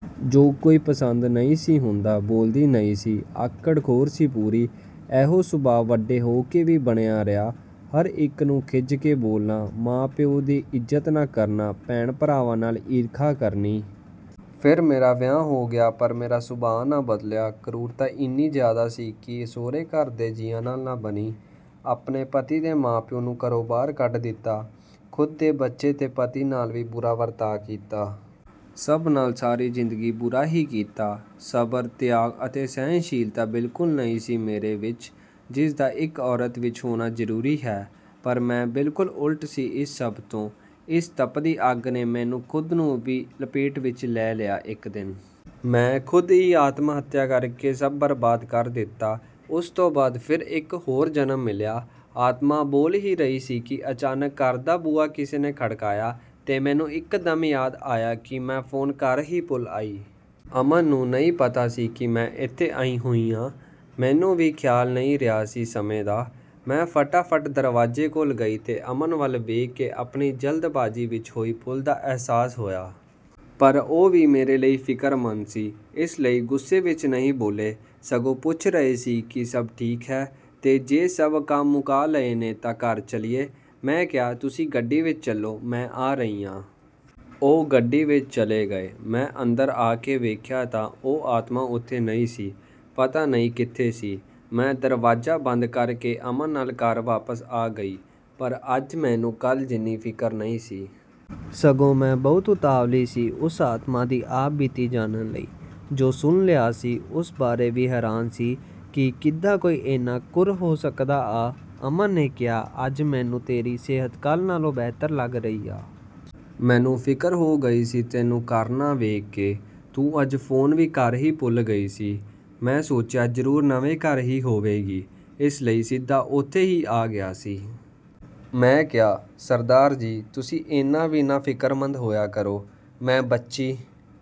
ਜੋ ਕੋਈ ਪਸੰਦ ਨਹੀਂ ਸੀ ਹੁੰਦਾ, ਬੋਲਦੀ ਨਹੀਂ ਸੀ। ਆਕੜਖੋਰ ਸੀ ਪੂਰੀ। ਐਹੋ ਸੁਭਾਅ ਵੱਡੇ ਹੋ ਕੇ ਵੀ ਬਣਿਆ ਰਿਹਾ। ਹਰ ਇੱਕ ਨੂੰ ਖਿਝ ਕੇ ਬੋਲਣਾ, ਮਾਂ-ਪਿਉ ਦੀ ਇੱਜ਼ਤ ਨਾ ਕਰਨਾ, ਭੈਣ-ਭਰਾਵਾਂ ਨਾਲ ਈਰਖਾ ਕਰਨੀ। ਫਿਰ ਮੇਰਾ ਵਿਆਹ ਹੋ ਗਿਆ ਪਰ ਮੇਰਾ ਸੁਭਾਅ ਨਾ ਬਦਲਿਆ। ਕਰੂਰਤਾ ਇੰਨੀ ਜ਼ਿਆਦਾ ਸੀ ਕਿ ਸੋਹਰੇ ਘਰ ਦੇ ਜੀਆਂ ਨਾਲ ਨਾ ਬਣੀ। ਆਪਣੇ ਪਤੀ ਦੇ ਮਾਂ-ਪਿਉ ਨੂੰ ਘਰੋਂ ਬਾਹਰ ਕੱਢ ਦਿੱਤਾ। ਖੁਦ ਦੇ ਬੱਚੇ ਤੇ ਪਤੀ ਨਾਲ ਵੀ ਬੁਰਾ ਵਰਤਾਅ ਕੀਤਾ। ਸਭ ਨਾਲ ਸਾਰੀ ਜ਼ਿੰਦਗੀ ਬੁਰਾ ਹੀ ਕੀਤਾ। ਸਬਰ, ਤਿਆਗ ਅਤੇ ਸਹਿਣਸ਼ੀਲਤਾ ਬਿਲਕੁਲ ਨਹੀਂ ਸੀ ਮੇਰੇ ਵਿੱਚ, ਜਿਸ ਦਾ ਇੱਕ ਔਰਤ ਵਿੱਚ ਹੋਣਾ ਜ਼ਰੂਰੀ ਹੈ। ਪਰ ਮੈਂ ਬਿਲਕੁਲ ਉਲਟ ਸੀ ਇਸ ਸਭ ਤੋਂ। ਇਸ ਤੱਪਦੀ ਅੱਗ ਨੇ ਮੈਨੂੰ ਖੁਦ ਨੂੰ ਵੀ ਲਪੇਟੇ ਵਿੱਚ ਲੈ ਲਿਆ ਇੱਕ ਦਿਨ। ਮੈਂ ਖੁਦ ਹੀ ਆਤਮ-ਹੱਤਿਆ ਕਰ ਕੇ ਸਭ ਬਰਬਾਦ ਕਰ ਦਿੱਤਾ। ਉਸ ਤੋਂ ਬਾਅਦ ਫਿਰ ਇੱਕ ਹੋਰ ਜਨਮ ਮਿਲਿਆ। ਆਤਮਾ ਬੋਲ ਹੀ ਰਹੀ ਸੀ ਕਿ ਅਚਾਨਕ ਘਰ ਦਾ ਬੂਹਾ ਕਿਸੇ ਨੇ ਖੜਕਾਇਆ ਤੇ ਮੈਨੂੰ ਇਕਦਮ ਯਾਦ ਆਇਆ ਕਿ ਮੈਂ ਫੋਨ ਘਰ ਹੀ ਭੁੱਲ ਆਈ। ਅਮਨ ਨੂੰ ਨਹੀਂ ਪਤਾ ਸੀ ਕਿ ਮੈਂ ਇੱਥੇ ਆਈ ਹੋਈ ਆ। ਮੈਨੂੰ ਵੀ ਖਿਆਲ ਨਹੀਂ ਰਿਹਾ ਸੀ ਸਮੇਂ ਦਾ। ਮੈਂ ਫਟਾਫਟ ਦਰਵਾਜ਼ੇ ਕੋਲ ਗਈ ਤੇ ਅਮਨ ਵੱਲ ਵੇਖ ਕੇ ਆਪਣੀ ਜਲਦਬਾਜ਼ੀ ਵਿੱਚ ਹੋਈ ਭੁੱਲ ਦਾ ਅਹਿਸਾਸ ਹੋਇਆ। ਪਰ ਉਹ ਵੀ ਮੇਰੇ ਲਈ ਫਿਕਰਮੰਦ ਸੀ। ਇਸ ਲਈ ਗੁੱਸੇ ਵਿੱਚ ਨਹੀਂ ਬੋਲੇ, ਸਗੋਂ ਪੁੱਛ ਰਹੇ ਸੀ ਕਿ ਸਭ ਠੀਕ ਹੈ, ਤੇ ਜੇ ਸਭ ਕੰਮ ਮੁਕਾ ਲਏ ਨੇ ਤਾਂ ਘਰ ਚੱਲੀਏ। ਮੈਂ ਕਿਹਾ, "ਤੁਸੀਂ ਗੱਡੀ ਵਿੱਚ ਚਲੋ, ਮੈਂ ਆ ਰਹੀ ਆ।" ਉਹ ਗੱਡੀ ਵਿੱਚ ਚਲੇ ਗਏ। ਮੈਂ ਅੰਦਰ ਆ ਕੇ ਵੇਖਿਆ ਤਾਂ ਉਹ ਆਤਮਾ ਉੱਥੇ ਨਹੀਂ ਸੀ। ਪਤਾ ਨਹੀਂ ਕਿੱਥੇ ਸੀ। ਮੈਂ ਦਰਵਾਜ਼ਾ ਬੰਦ ਕਰ ਕੇ ਅਮਨ ਨਾਲ ਘਰ ਵਾਪਸ ਆ ਗਈ। ਪਰ ਅੱਜ ਮੈਨੂੰ ਕੱਲ੍ਹ ਜਿੰਨੀ ਫ਼ਿਕਰ ਨਹੀਂ ਸੀ। ਸਗੋਂ ਮੈਂ ਬਹੁਤ ਉਤਾਵਲੀ ਸੀ ਉਸ ਆਤਮਾ ਦੀ ਆਪਬੀਤੀ ਜਾਣਨ ਲਈ। ਜੋ ਸੁਣ ਲਿਆ ਸੀ, ਉਸ ਬਾਰੇ ਵੀ ਹੈਰਾਨ ਸੀ ਕਿ ਕਿੱਦਾਂ ਕੋਈ ਇੰਨਾ ਕ੍ਰੂਰ ਹੋ ਸਕਦਾ ਆ। ਅਮਨ ਨੇ ਕਿਹਾ, "ਅੱਜ ਮੈਨੂੰ ਤੇਰੀ ਸਿਹਤ ਕੱਲ੍ਹ ਨਾਲੋਂ ਬਿਹਤਰ ਲੱਗ ਰਹੀ ਆ। ਮੈਨੂੰ ਫ਼ਿਕਰ ਹੋ ਗਈ ਸੀ ਤੈਨੂੰ ਘਰ ਨਾ ਵੇਖ ਕੇ। ਤੂੰ ਅੱਜ ਫੋਨ ਵੀ ਘਰ ਹੀ ਭੁੱਲ ਗਈ ਸੀ। ਮੈਂ ਸੋਚਿਆ ਜ਼ਰੂਰ ਨਵੇਂ ਘਰ ਹੀ ਹੋਵੇਗੀ, ਇਸ ਲਈ ਸਿੱਧਾ ਉੱਥੇ ਹੀ ਆ ਗਿਆ ਸੀ।" ਮੈਂ ਕਿਹਾ, "ਸਰਦਾਰ ਜੀ, ਤੁਸੀਂ ਏਨਾਂ ਵੀ ਨਾ ਫਿਕਰਮੰਦ ਹੋਇਆ ਕਰੋ। ਮੈਂ ਬੱਚੀ..."